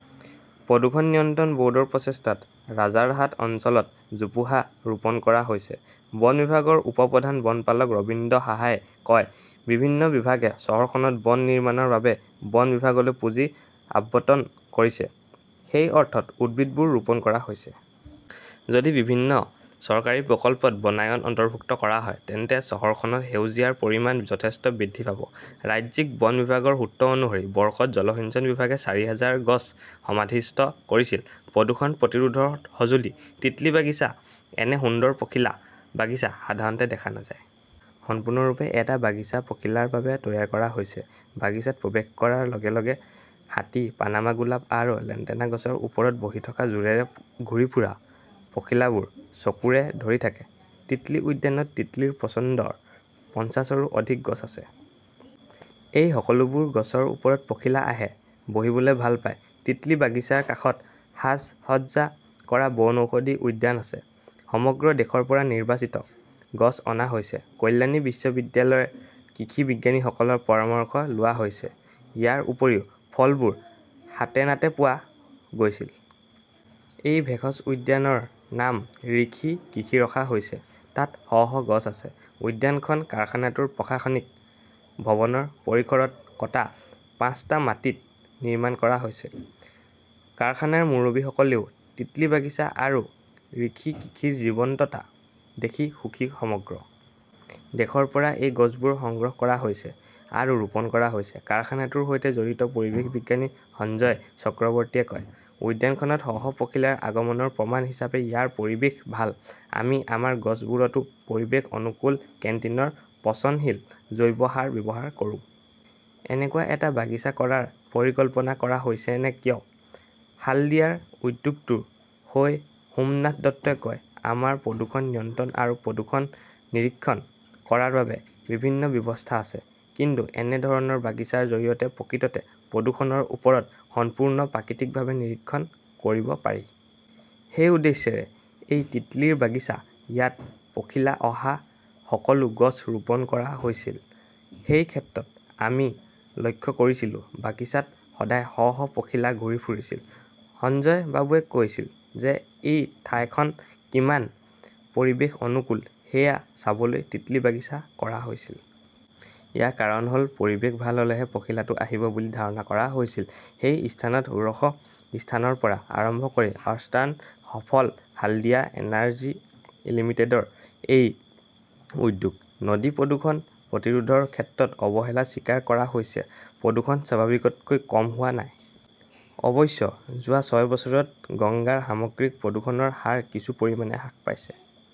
প্ৰদূষণ নিয়ন্ত্ৰণ বৰ্ডৰ প্ৰচেষ্টাত ৰাজাৰহাট অঞ্চলত জোপোহা ৰোপণ কৰা হৈছে। বন বিভাগৰ উপ-প্ৰধান বনপালক ৰবীন্দ্ৰনাথ সাহাই কয়, বিভিন্ন বিভাগে চহৰখনত বন নিৰ্মাণৰ বাবে বন বিভাগলৈ পুঁজি আবণ্টন কৰিছে। সেই অৰ্থত উদ্ভিদবোৰ ৰোপণ কৰা হৈছে। যদি বিভিন্ন চৰকাৰী প্ৰকল্পত বনায়ন অন্তৰ্ভুক্ত কৰা হয়, তেন্তে চহৰখনত সেউজীয়াৰ পৰিমাণ যথেষ্ট বৃদ্ধি পাব। ৰাজ্যিক বন বিভাগৰ সূত্ৰ অনুসৰি, বৰ্ষত জলসিঞ্চন বিভাগে চাৰি হাজাৰ গছ সমাধিস্থ কৰিছিল। প্ৰদূষণ প্ৰতিৰোধৰ সঁজুলি 'তিতলী বাগিচা এনে সুন্দৰ পখিলা বাগিচা সাধাৰণতে দেখা নাযায়। সম্পূৰ্ণৰূপে এটা বাগিচা পখিলাৰ বাবে তৈয়াৰ কৰা হৈছে। বাগিচাত প্ৰৱেশ কৰাৰ লগে লগে হাতী, পানামা গোলাপ আৰু লেণ্টেনা গছৰ ওপৰত বহি থকা জোৰেৰে ঘূৰি ফুৰা পখিলাবোৰ চকুৰে ধৰি থাকে। তিতলী উদ্যানত তিতলীৰ পচন্দৰ পঞ্চাশৰো অধিক গছ আছে। এই সকলোবোৰ গছৰ ওপৰত পখিলা আহে, বহিবলৈ ভাল পায়। তিতিলি বাগিচাৰ কাষত সাজ-সজ্জা কৰা বনৌষধি উদ্যান আছে। সমগ্ৰ দেশৰ পৰা নিৰ্বাচিত গছ অনা হৈছে। কল্যাণী বিশ্ববিদ্যালয়ৰ কৃষি বিজ্ঞানীসকলৰ পৰামৰ্শ লোৱা হৈছে। ইয়াৰ উপৰিও ফলবোৰ হাতেনাতে পোৱা গৈছিল। এই ভেষজ উদ্যানখনৰ নাম ঋষি কৃষি ৰখা হৈছে। তাত শ শ গছ আছে। উদ্যানখন কাৰখানাটোৰ প্ৰশাসনিক ভৱনৰ পৰিসৰত কটা পাঁচটা মাটিত নিৰ্মাণ কৰা হৈছে। কাৰখানাৰ মুৰব্বীসকলেও তিতলী বাগিচা আৰু ঋষি কৃষিৰ জীৱন্ততা দেখি সুখী। সমগ্ৰ দেশৰ পৰা এই গছবোৰ সংগ্ৰহ কৰা হৈছে আৰু ৰোপণ কৰা হৈছে, কাৰখানাটোৰ সৈতে জড়িত পৰিৱেশ বিজ্ঞানী সঞ্জয় চক্ৰৱৰ্তীয়ে কয়। উদ্যানখনত শ শ পখিলাৰ আগমনৰ প্ৰমাণ হিচাপে ইয়াৰ পৰিৱেশ ভাল। আমি আমাৰ গছবোৰতো পৰিৱেশ অনুকূল কেণ্টিনৰ পচনশীল জৈৱ সাৰ ব্যৱহাৰ কৰো। এনেকুৱা এটা বাগিচা কৰাৰ পৰিকল্পনা কৰা হৈছে নে কিয়? হালদিয়াৰ উদ্যোগটোৰ হৈ সোমনাথ দত্তই কয়, আমাৰ প্ৰদূষণ নিয়ন্ত্ৰণ আৰু প্ৰদূষণ নিৰীক্ষণ কৰাৰ বাবে বিভিন্ন ব্যৱস্থা আছে। কিন্তু এনে ধৰণৰ বাগিচাৰ জৰিয়তে প্ৰকৃততে প্ৰদূষণৰ ওপৰত সম্পূৰ্ণ প্ৰাকৃতিকভাৱে নিৰীক্ষণ কৰিব পাৰি। সেই উদ্দেশ্যৰে এই তিতলীৰ বাগিচা। ইয়াত পখিলা অহা সকলো গছ ৰোপণ কৰা হৈছিল। সেই ক্ষেত্ৰত আমি লক্ষ্য কৰিছিলো, বাগিচাত সদায় শ শ পখিলা ঘূৰি ফুৰিছিল। সঞ্জয় বাবুৱে কৈছিল যে এই ঠাইখন কিমান পৰিৱেশ অনুকূল সেয়া চাবলৈ তিতলী বাগিচা কৰা হৈছিল। ইয়াৰ কাৰণ হল পৰিৱেশ ভাল হলেহে পখিলাটো আহিব বুলি ধাৰণা কৰা হৈছিল। সেই স্থানত ষোড়শ স্থানৰ পৰা আৰম্ভ কৰি অষ্টৰাণ সফল হালদিয়া এনাৰ্জি লিমিটেডৰ এই উদ্যোগ। নদী প্ৰদূষণ প্ৰতিৰোধৰ ক্ষেত্ৰত অৱহেলা স্বীকাৰ কৰা হৈছে প্ৰদূষণ স্বাভাৱিকতকৈ কম হোৱা নাই। অৱশ্যে, যোৱা ছয় বছৰত গংগাৰ সামগ্ৰিক প্ৰদূষণৰ হাৰ কিছু পৰিমাণে হ্ৰাস পাইছে।